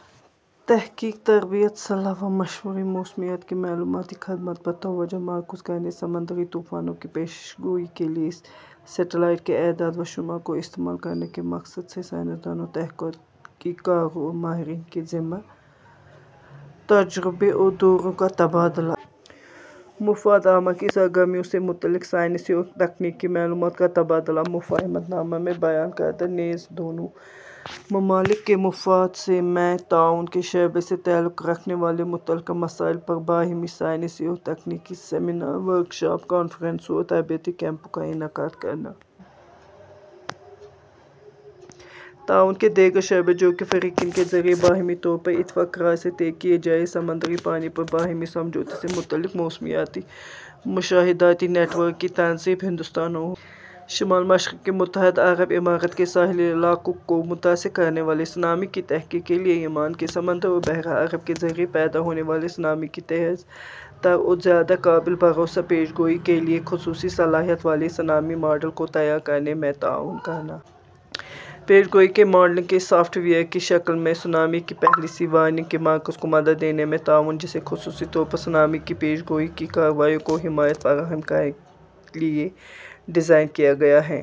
- تحقیق ،تربیت، صلاح و مشورے، موسمیات کی معلوماتی خدمات پر توجہ مرکوز کرنے، سمندری طوفانوں کی پیشگوئی کے لئے سیٹیلائٹ کے اعداد وشمار کو استعمال کرنے کے مقصد سے سائنسدانوں، تحقیق کاروں اور ماہرین کے ذمے تجربے اور دوروں کاتبادلہ۔ مفاد عامہ کی سرگرمیوں سے متعلق سائنسی اور تکنیکی معلومات کاتبادلہ۔ مفاہمت نامہ میں بیان کردہ نیز دونوں ممالک کے مفاد میں تعاون کے شعبے سے تعلق رکھنے والے متعلقہ مسائل پر باہمی سائنسی اور تکنیکی سیمینار، ورک شاپ، کانفرنسوں اور تربیتی کیمپوں کا انعقاد کرنا۔ تعاون کے دیگر شعبے جو کہ فریقین کے ذریعہ باہمی طور پر اتفاق رائے سے طے کئے جائیں۔ سمندری پانی پر باہمی سمجھوتے سے متعلق موسمیاتی مشاہداتی نیٹ ورک کی تنصیب۔ ہندوستان اور شمال مشرقی متحدہ عرب امارات کے ساحلی علاقوں کو متاثر کرنے والے سنامی کی تحقیق کے لئے عمان کے سمندر اور بحرہ عرب کے ذریعہ پیدا ہونے والے سنامی کی تیز تر اور زیادہ قابل بھروسہ پیشگوئی کے لئے خصوصی صلاحیت والے سنامی ماڈل کو تیار کرنے میں تعاون کرنا۔ پیشگوئی کے ماڈلنگ کے سافٹ ویئر کی شکل میں سنامی کی پہلے سے وارننگ کے مرکز کو مدد دینے میں تعاون جسے خصوصی طور پر سنامی کی پیشگوئی کی کارروائیوں کو حمایت فراہم کرنے کے لئے ڈیزائن کیا گیا ہے۔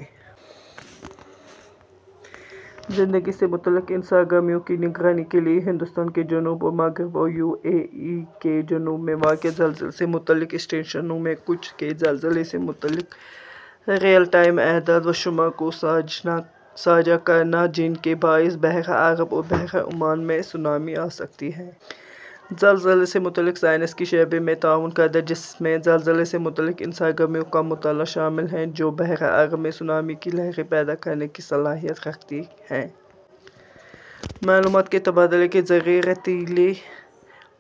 زلزلے سے متعلق ان سرگرمیوں کی نگرانی کے لئے ہندوستان کے جنوب اور مغرب اور یو اے ای کے جنوب میں واقع زلزلے سے متعلق اسٹیشنوں میں سے کچھ کے زلزلے سے متعلق ریئل ٹائم اعداد وشمار کو ساجھا کرنا جن کے باعث بحرہ عرب اور بحرہ عمان میں سنامی آسکتی ہے۔ زلزلے سے متعلق سائنس کے شعبے میں تعاون کردہ جس میں زلزلے سے متعلق ان سرگرمیوں کا مطالعہ شامل ہیں جو بحرہ عرب میں سنامی کی لہریں پیدا کرنے کی صلاحیت رکھتی ہے۔ معلومات کے تبادلے کے ذریعہ ریتیلے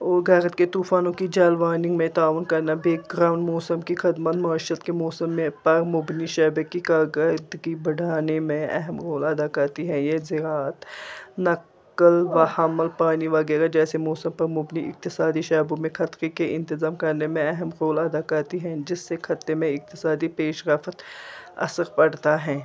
اور گرد کے طوفانوں کی جل وارننگ میں تعاون کرنا۔ بیک گراؤنڈ موسم کی خدمات معیشت کے موسم پر مبنی شعبے کی کارکردگی بڑھانے میں اہم رول ادا کرتی ہے یہ زراعت، نقل و حمل، پانی وغیرہ جیسے موسم پر مبنی اقتصادی شعبوں میں خطرے کے انتظام کرنے میں اہم رول ادا کرتی ہے جس سے خطے میں اقتصادی پیش رفت پر اثر پڑتا ہے۔